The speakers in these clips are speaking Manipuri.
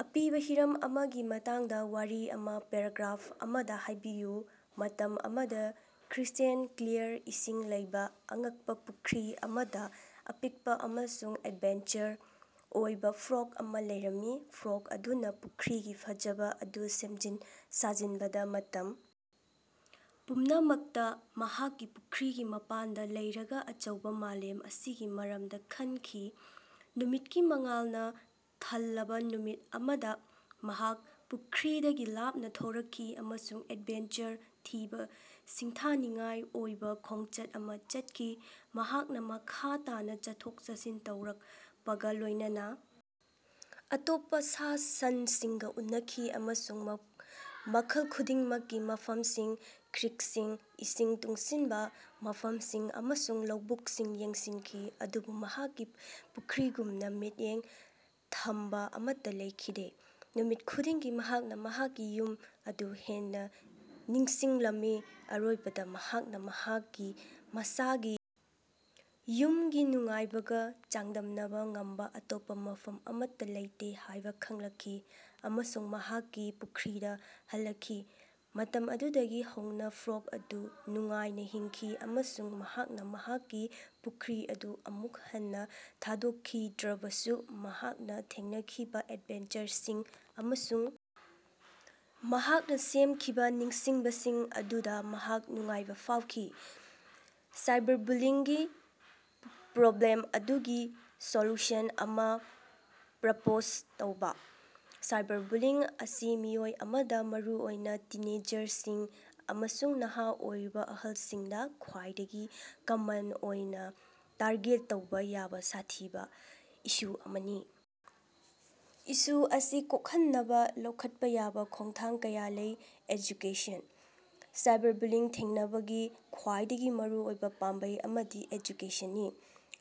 ꯑꯄꯤꯕꯥ ꯍꯤꯔꯝ ꯑꯃꯒꯤ ꯃꯇꯥꯡꯗ ꯋꯥꯔꯤ ꯑꯃ ꯄꯦꯔꯥꯒ꯭ꯔꯥꯐ ꯑꯃꯗ ꯍꯥꯏꯕꯤꯌꯨ꯫ ꯃꯇꯝ ꯑꯃꯗ ꯀ꯭ꯔꯤꯁ꯭ꯇꯦꯜ ꯀ꯭ꯂꯤꯌꯥꯔ ꯏꯁꯤꯡ ꯂꯩꯕꯥ ꯑꯉꯛꯄ ꯄꯨꯈ꯭ꯔꯤ ꯑꯃꯗ ꯑꯄꯤꯛꯄ ꯑꯃꯁꯨꯡ ꯑꯦꯗꯚꯦꯟꯆꯔ ꯑꯣꯏꯕ ꯐ꯭ꯔꯣꯛ ꯑꯃ ꯂꯩꯔꯝꯃꯤ꯫ ꯐ꯭ꯔꯣꯛ ꯑꯗꯨꯅ ꯄꯨꯈ꯭ꯔꯤꯒꯤ ꯐꯖꯕ ꯑꯗꯨ ꯁꯦꯝꯖꯤꯟ ꯁꯥꯖꯤꯟꯕꯗ, ꯃꯇꯝ ꯄꯨꯝꯅꯃꯛꯇ ꯃꯍꯥꯛꯀꯤ ꯄꯨꯈ꯭ꯔꯤꯒꯤ ꯃꯄꯥꯟꯗ ꯂꯩꯔꯒ ꯑꯆꯧꯕ ꯃꯥꯂꯦꯝ ꯑꯁꯤꯒꯤ ꯃꯔꯝꯗ ꯈꯟꯈꯤ꯫ ꯅꯨꯃꯤꯠꯀꯤ ꯃꯉꯥꯜꯅ ꯊꯜꯂꯕ ꯅꯨꯃꯤꯠ ꯑꯃꯗ ꯃꯍꯥꯛ ꯄꯨꯈ꯭ꯔꯤꯗꯒꯤ ꯂꯥꯞꯅ ꯊꯣꯔꯛꯈꯤ ꯑꯃꯁꯨꯡ ꯑꯦꯗꯚꯦꯟꯆꯔ ꯊꯤꯕ ꯁꯤꯡꯊꯥꯅꯤꯡꯉꯥꯏ ꯑꯣꯏꯕ ꯈꯣꯡꯆꯠ ꯑꯃ ꯆꯠꯈꯤ꯫ ꯃꯍꯥꯛꯅ ꯃꯈꯥ ꯇꯥꯅ ꯆꯠꯊꯣꯛ-ꯆꯠꯁꯤꯟ ꯇꯧꯔꯛꯄꯒ ꯂꯣꯢꯅꯅ ꯑꯇꯣꯞꯄꯥ ꯁꯥ-ꯁꯟꯁꯤꯡꯒ ꯎꯅꯈꯤ ꯑꯃꯁꯨꯡ ꯃꯈꯜ ꯈꯨꯗꯤꯡꯃꯛꯀꯤ ꯃꯐꯝꯁꯤꯡ, ꯀ꯭ꯔꯤꯛꯁꯤꯡ, ꯏꯁꯤꯡ ꯇꯨꯡꯁꯤꯟꯕ ꯃꯐꯝꯁꯤꯡ ꯑꯃꯁꯨꯡ ꯂꯧꯕꯨꯛꯁꯤꯡ ꯌꯦꯡꯁꯤꯟꯈꯤ, ꯑꯗꯨꯕꯨ ꯃꯍꯥꯛꯀꯤ ꯄꯨꯈ꯭ꯔꯤꯒꯨꯝꯅ ꯃꯤꯠꯌꯦꯡ ꯊꯝꯕ ꯑꯃꯠꯇ ꯂꯩꯈꯤꯗꯦ꯫ ꯅꯨꯃꯤꯠ ꯈꯨꯗꯤꯡꯒꯤ ꯃꯍꯥꯛꯅ ꯃꯍꯥꯛꯀꯤ ꯌꯨꯝ ꯑꯗꯨ ꯍꯦꯟꯅ ꯅꯤꯡꯁꯤꯡꯂꯝꯃꯤ꯫ ꯑꯔꯣꯏꯕꯗꯥ ꯃꯍꯥꯛꯅ ꯃꯍꯥꯛꯀꯤ ꯃꯁꯥꯒꯤ ꯌꯨꯝꯒꯤ ꯅꯨꯡꯉꯥꯏꯕꯒ ꯆꯥꯡꯗꯝꯅꯕ ꯉꯝꯕ ꯑꯇꯣꯞꯄ ꯃꯐꯝ ꯑꯃꯠꯇ ꯂꯩꯇꯦ ꯍꯥꯏꯕ ꯈꯪꯂꯛꯈꯤ, ꯑꯃꯁꯨꯡ ꯃꯍꯥꯛꯀꯤ ꯄꯨꯈ꯭ꯔꯤꯗ ꯍꯜꯂꯛꯈꯤ꯫ ꯃꯇꯝ ꯑꯗꯨꯗꯒꯤ ꯍꯧꯅꯥ ꯐ꯭ꯔꯣꯛ ꯑꯗꯨ ꯅꯨꯡꯉꯥꯏꯅ ꯍꯤꯡꯈꯤ ꯑꯃꯁꯨꯡ ꯃꯍꯥꯛꯅ ꯃꯍꯥꯛꯀꯤ ꯄꯨꯈ꯭ꯔꯤ ꯑꯗꯨ ꯑꯃꯨꯛ ꯍꯟꯅ ꯊꯥꯗꯣꯛꯈꯤꯗ꯭ꯔꯕꯁꯨ ꯃꯍꯥꯛꯅ ꯊꯦꯡꯅꯈꯤꯕꯥ ꯑꯦꯗꯚꯦꯟꯆꯔꯁꯤꯡ ꯑꯃꯁꯨꯡ ꯃꯍꯥꯛꯅ ꯁꯦꯝꯈꯤꯕ ꯅꯤꯡꯁꯤꯡꯕꯁꯤꯡ ꯑꯗꯨꯗ ꯃꯍꯥꯛ ꯅꯨꯡꯉꯥꯏꯕ ꯐꯥꯎꯈꯤ꯫ ꯁꯥꯏꯕꯔꯕꯨꯂꯤꯡꯒꯤ ꯄ꯭ꯔꯣꯕ꯭ꯂꯦꯝ ꯑꯗꯨꯒꯤ ꯁꯣꯂꯨꯁꯟ ꯑꯃ ꯄ꯭ꯔꯄꯣꯖ ꯇꯧꯕ꯫ ꯁꯥꯏꯕꯔꯕꯨꯂꯤꯡ ꯑꯁꯤ ꯃꯤꯑꯣꯏ ꯑꯃꯗ, ꯃꯔꯨꯑꯣꯢꯅ ꯇꯤꯟꯑꯦꯖꯔꯁꯤꯡ ꯑꯃꯁꯨꯡ ꯅꯍꯥ ꯑꯣꯏꯔꯤꯕ ꯑꯍꯜꯁꯤꯡꯗ, ꯈ꯭ꯋꯥꯏꯗꯒꯤ ꯀꯃꯟ ꯑꯣꯏꯅ ꯇꯥꯔꯒꯦꯠ ꯇꯧꯕ ꯌꯥꯕ ꯁꯥꯊꯤꯕ ꯏꯁꯨ ꯑꯃꯅꯤ꯫ ꯏꯁꯨ ꯑꯁꯤ ꯀꯣꯛꯍꯟꯅꯕ ꯂꯧꯈꯠꯄ ꯌꯥꯕ ꯈꯣꯡꯊꯥꯡ ꯀꯌꯥ ꯂꯩ: ꯑꯦꯖꯨꯀꯦꯁꯟ: ꯁꯥꯏꯕꯔꯕꯨꯂꯤꯡ ꯊꯦꯡꯅꯕꯒꯤ ꯈ꯭ꯋꯥꯏꯗꯒꯤ ꯃꯔꯨꯑꯣꯏꯕ ꯄꯥꯝꯕꯩ ꯑꯃꯗꯤ ꯑꯦꯖꯨꯀꯦꯁꯟꯅꯤ꯫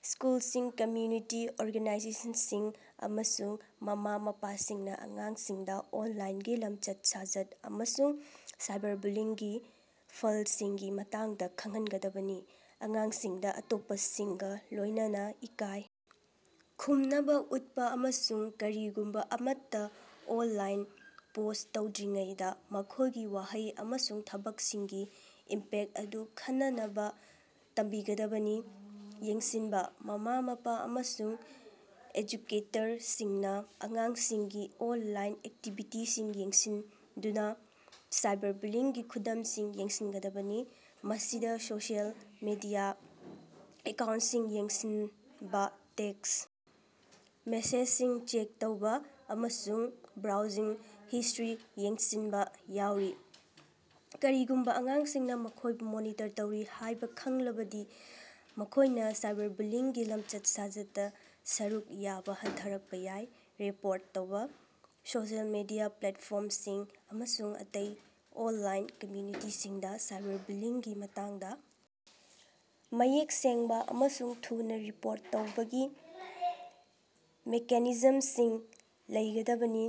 ꯁ꯭ꯀꯨꯜꯁꯤꯡ, ꯀꯝꯃꯨꯅꯤꯇꯤ ꯑꯣꯔꯒꯥꯅꯥꯏꯖꯦꯁꯟꯁꯤꯡ ꯑꯃꯁꯨꯡ ꯃꯃꯥ-ꯃꯄꯥꯁꯤꯡꯅ ꯑꯉꯥꯡꯁꯤꯡꯗ ꯑꯣꯟꯂꯥꯏꯟꯒꯤ ꯂꯝꯆꯠ-ꯁꯥꯖꯠ ꯑꯃꯁꯨꯡ ꯁꯥꯏꯕꯔꯕꯨꯂꯤꯡꯒꯤ ꯐꯜꯁꯤꯡꯒꯤ ꯃꯇꯥꯡꯗ ꯈꯪꯍꯟꯒꯗꯕꯅꯤ꯫ ꯑꯉꯥꯡꯁꯤꯡꯗ ꯑꯇꯣꯞꯄꯁꯤꯡꯒ ꯂꯣꯢꯅꯅ ꯏꯀꯥꯏ ꯈꯨꯝꯅꯕꯥ ꯎꯠꯄ ꯑꯃꯁꯨꯡ ꯀꯔꯤꯒꯨꯝꯕ ꯑꯃꯠꯇ ꯑꯣꯅꯂꯥꯏꯟꯗ ꯄꯣꯁ꯭ꯠ ꯇꯧꯗ꯭ꯔꯤꯉꯩꯗꯥ ꯃꯈꯣꯏꯒꯤ ꯋꯥꯍꯩ ꯑꯃꯁꯨꯡ ꯊꯕꯛꯁꯤꯡꯒꯤ ꯏꯝꯄꯦꯛ ꯑꯗꯨ ꯈꯟꯅꯅꯕ ꯇꯝꯕꯤꯒꯗꯕꯅꯤ꯫ ꯌꯦꯡꯁꯤꯟꯕꯥ: ꯃꯃꯥ-ꯃꯄꯥ ꯑꯃꯁꯨꯡ ꯑꯦꯖꯨꯀꯦꯇꯔꯁꯤꯡꯅ ꯑꯉꯥꯡꯁꯤꯡꯒꯤ ꯑꯣꯟꯂꯥꯏꯟ ꯑꯦꯛꯇꯤꯚꯤꯇꯤꯁꯤꯡ ꯌꯦꯡꯁꯤꯟꯗꯨꯅꯥ ꯁꯥꯏꯕꯔꯕꯨꯂꯤꯡꯒꯤ ꯈꯨꯗꯝꯁꯤꯡ ꯌꯦꯡꯒꯗꯕꯅꯤ꯫ ꯃꯁꯤꯗ ꯁꯣꯁꯤꯑꯦꯜ ꯃꯤꯗꯤꯌꯥ ꯑꯦꯀꯥꯎꯟꯁꯤꯡ ꯌꯦꯡꯁꯤꯟꯕꯥ, ꯇꯦꯛꯁ ꯃꯦꯁꯦꯖꯁꯤꯡ ꯆꯦꯛ ꯇꯧꯕ, ꯑꯃꯁꯨꯡ ꯕ꯭ꯔꯥꯎꯖꯤꯡ ꯍꯤꯁꯇ꯭ꯔꯤ ꯌꯦꯡꯁꯤꯟꯕꯥ ꯌꯥꯎꯔꯤ꯫ ꯀꯔꯤꯒꯨꯝꯕꯥ ꯑꯉꯥꯡꯁꯤꯡꯅ ꯃꯈꯣꯏꯕꯨ ꯃꯣꯅꯤꯇꯔ ꯇꯧꯔꯤ ꯍꯥꯏꯕ ꯈꯪꯂꯕꯗꯤ, ꯃꯈꯣꯏꯅ ꯁꯥꯏꯕꯔꯕꯨꯂꯤꯡꯒꯤ ꯂꯞꯆꯠ-ꯁꯥꯖꯠꯇ ꯁꯔꯨꯛ ꯌꯥꯕ ꯍꯟꯊꯔꯛꯄ ꯌꯥꯏ꯫ ꯔꯤꯄꯣꯔꯠ ꯇꯧꯕ: ꯁꯣꯁꯤꯑꯦꯜ ꯃꯤꯗꯤꯌꯥ ꯄ꯭ꯂꯦꯠꯐꯣꯔꯝꯁꯤꯡ ꯑꯃꯁꯨꯡ ꯑꯇꯩ ꯑꯣꯟꯂꯥꯏꯟ ꯀꯝꯃꯨꯅꯤꯇꯤꯁꯤꯡꯗ ꯁꯥꯏꯕꯔꯕꯨꯂꯤꯡꯒꯤ ꯃꯇꯥꯡꯗ ꯃꯌꯦꯛ ꯁꯦꯡꯕ ꯑꯃꯁꯨꯡ ꯊꯨꯅꯥ ꯔꯤꯄꯣꯔꯠ ꯇꯧꯕꯒꯤ ꯃꯦꯀꯥꯅꯤꯖꯝꯁꯤꯡ ꯂꯩꯒꯗꯕꯅꯤ꯫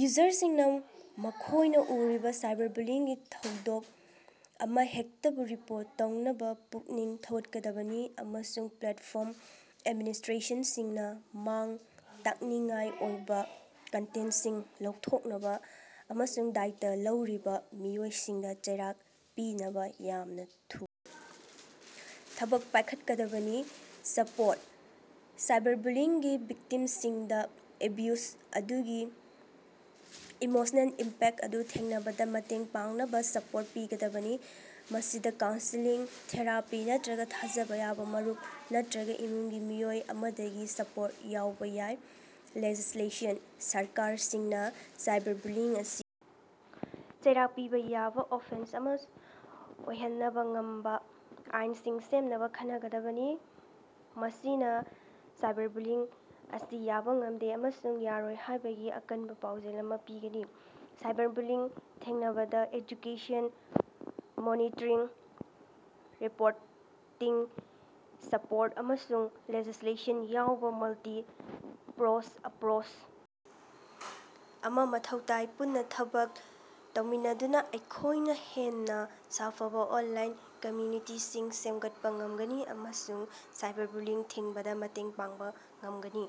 ꯌꯨꯖꯔꯁꯤꯡꯅ ꯃꯈꯣꯢꯅ ꯎꯔꯤꯕ ꯁꯥꯏꯕꯔꯕꯨꯂꯤꯡꯒꯤ ꯊꯧꯗꯣꯛ ꯑꯃꯍꯦꯛꯇꯕꯨ ꯔꯤꯄꯣꯔꯠ ꯇꯧꯅꯕ ꯄꯨꯛꯅꯤꯡ ꯊꯧꯒꯠꯀꯗꯕꯅꯤ, ꯑꯃꯁꯨꯡ ꯄ꯭ꯂꯦꯠꯐꯣꯔꯝ ꯑꯦꯗꯃꯤꯅꯤꯁꯇ꯭ꯔꯦꯇꯔꯁꯤꯡꯅ ꯃꯥꯡ-ꯇꯥꯛꯅꯤꯡꯉꯥꯏ ꯑꯣꯏꯕ ꯀꯟꯇꯦꯟꯁꯤꯡ ꯂꯧꯊꯣꯛꯅꯕ ꯑꯃꯁꯨꯡ ꯗꯥꯏꯇꯥ ꯂꯧꯔꯤꯕ ꯃꯤꯑꯣꯏꯁꯤꯡꯗ ꯆꯩꯔꯥꯛ ꯄꯤꯅꯕꯥ ꯌꯥꯝꯅ ꯊꯨꯅꯥ ꯊꯕꯛ ꯄꯥꯢꯈꯠꯀꯗꯕꯅꯤ꯫ ꯁꯄꯣꯔꯠ: ꯁꯥꯏꯕꯔꯕꯨꯂꯤꯡꯒꯤ ꯚꯤꯛꯇꯤꯝꯁꯤꯡꯗ ꯑꯦꯕ꯭ꯌꯨꯖ ꯑꯗꯨꯒꯤ ꯏꯃꯣꯁꯅꯦꯜ ꯏꯝꯄꯦꯛ ꯑꯗꯨ ꯊꯦꯡꯅꯕꯗ ꯃꯇꯦꯡ ꯄꯥꯡꯅꯕ ꯁꯄꯣꯔꯠ ꯄꯤꯒꯗꯕꯅꯤ꯫ ꯃꯁꯤꯗ ꯀꯥꯎꯟꯁꯦꯂꯤꯡ, ꯊꯦꯔꯥꯄꯤ ꯅꯠꯇ꯭ꯔꯒ ꯊꯥꯖꯕ ꯌꯥꯕ ꯃꯔꯨꯞ ꯅꯠꯇ꯭ꯔꯒ ꯏꯃꯨꯡꯒꯤ ꯃꯤꯑꯣꯏ ꯑꯃꯗꯒꯤ ꯁꯄꯣꯔꯠ ꯌꯥꯎꯕ ꯌꯥꯏ꯫ ꯂꯦꯖꯤꯁ꯭ꯂꯦꯁꯟ: ꯁꯔꯀꯥꯔꯁꯤꯡꯅ ꯁꯥꯏꯕꯔꯕꯨꯂꯤꯡ ꯑꯁꯤ ꯆꯩꯔꯥꯛ ꯄꯤꯕ ꯌꯥꯕ ꯑꯣꯐꯦꯟꯁ ꯑꯃ ꯑꯣꯏꯍꯟꯕ ꯉꯝꯕ ꯑꯥꯏꯟꯁꯤꯡ ꯁꯦꯝꯅꯕ ꯈꯟꯅꯒꯗꯕꯅꯤ꯫ ꯃꯁꯤꯅ ꯁꯥꯏꯕꯔꯕꯨꯂꯤꯡ ꯑꯁꯤ ꯌꯥꯕ ꯉꯝꯗꯦ ꯑꯃꯁꯨꯡ ꯌꯥꯔꯣꯏ ꯍꯥꯏꯕꯒꯤ ꯑꯀꯟꯕꯥ ꯄꯥꯎꯖꯦꯜ ꯑꯃ ꯄꯤꯒꯅꯤ꯫ ꯁꯥꯏꯕꯔꯕꯨꯂꯤꯡ ꯊꯦꯡꯅꯕꯗꯥ ꯑꯦꯖꯨꯀꯦꯁꯟ, ꯃꯣꯅꯤꯇꯔꯤꯡ, ꯔꯤꯄꯣꯔꯇꯤꯡ, ꯁꯄꯣꯔꯠ ꯑꯃꯁꯨꯡ ꯂꯦꯖꯤꯁꯂꯦꯁꯟ ꯌꯥꯎꯕ ꯃꯜꯇꯤ-ꯄ꯭ꯔꯣꯡꯖ ꯑꯦꯄ꯭ꯔꯣꯁ ꯑꯃ ꯃꯊꯧ ꯇꯥꯏ꯫ ꯄꯨꯟꯅꯥ ꯊꯕꯛ ꯇꯧꯃꯤꯟꯅꯗꯨꯅ ꯑꯩꯈꯣꯏꯅ ꯍꯦꯟꯅ ꯁꯥꯐꯕ ꯑꯣꯅꯂꯥꯏꯟ ꯀꯝꯃꯨꯅꯤꯇꯤꯁꯤꯡ ꯁꯦꯝꯒꯠꯄ ꯉꯝꯒꯅꯤ ꯑꯃꯁꯨꯡ ꯁꯥꯏꯕꯔꯕꯨꯂꯤꯡ ꯊꯤꯡꯕꯗꯥ ꯃꯇꯦꯡ ꯄꯥꯡꯕ ꯉꯝꯒꯅꯤ꯫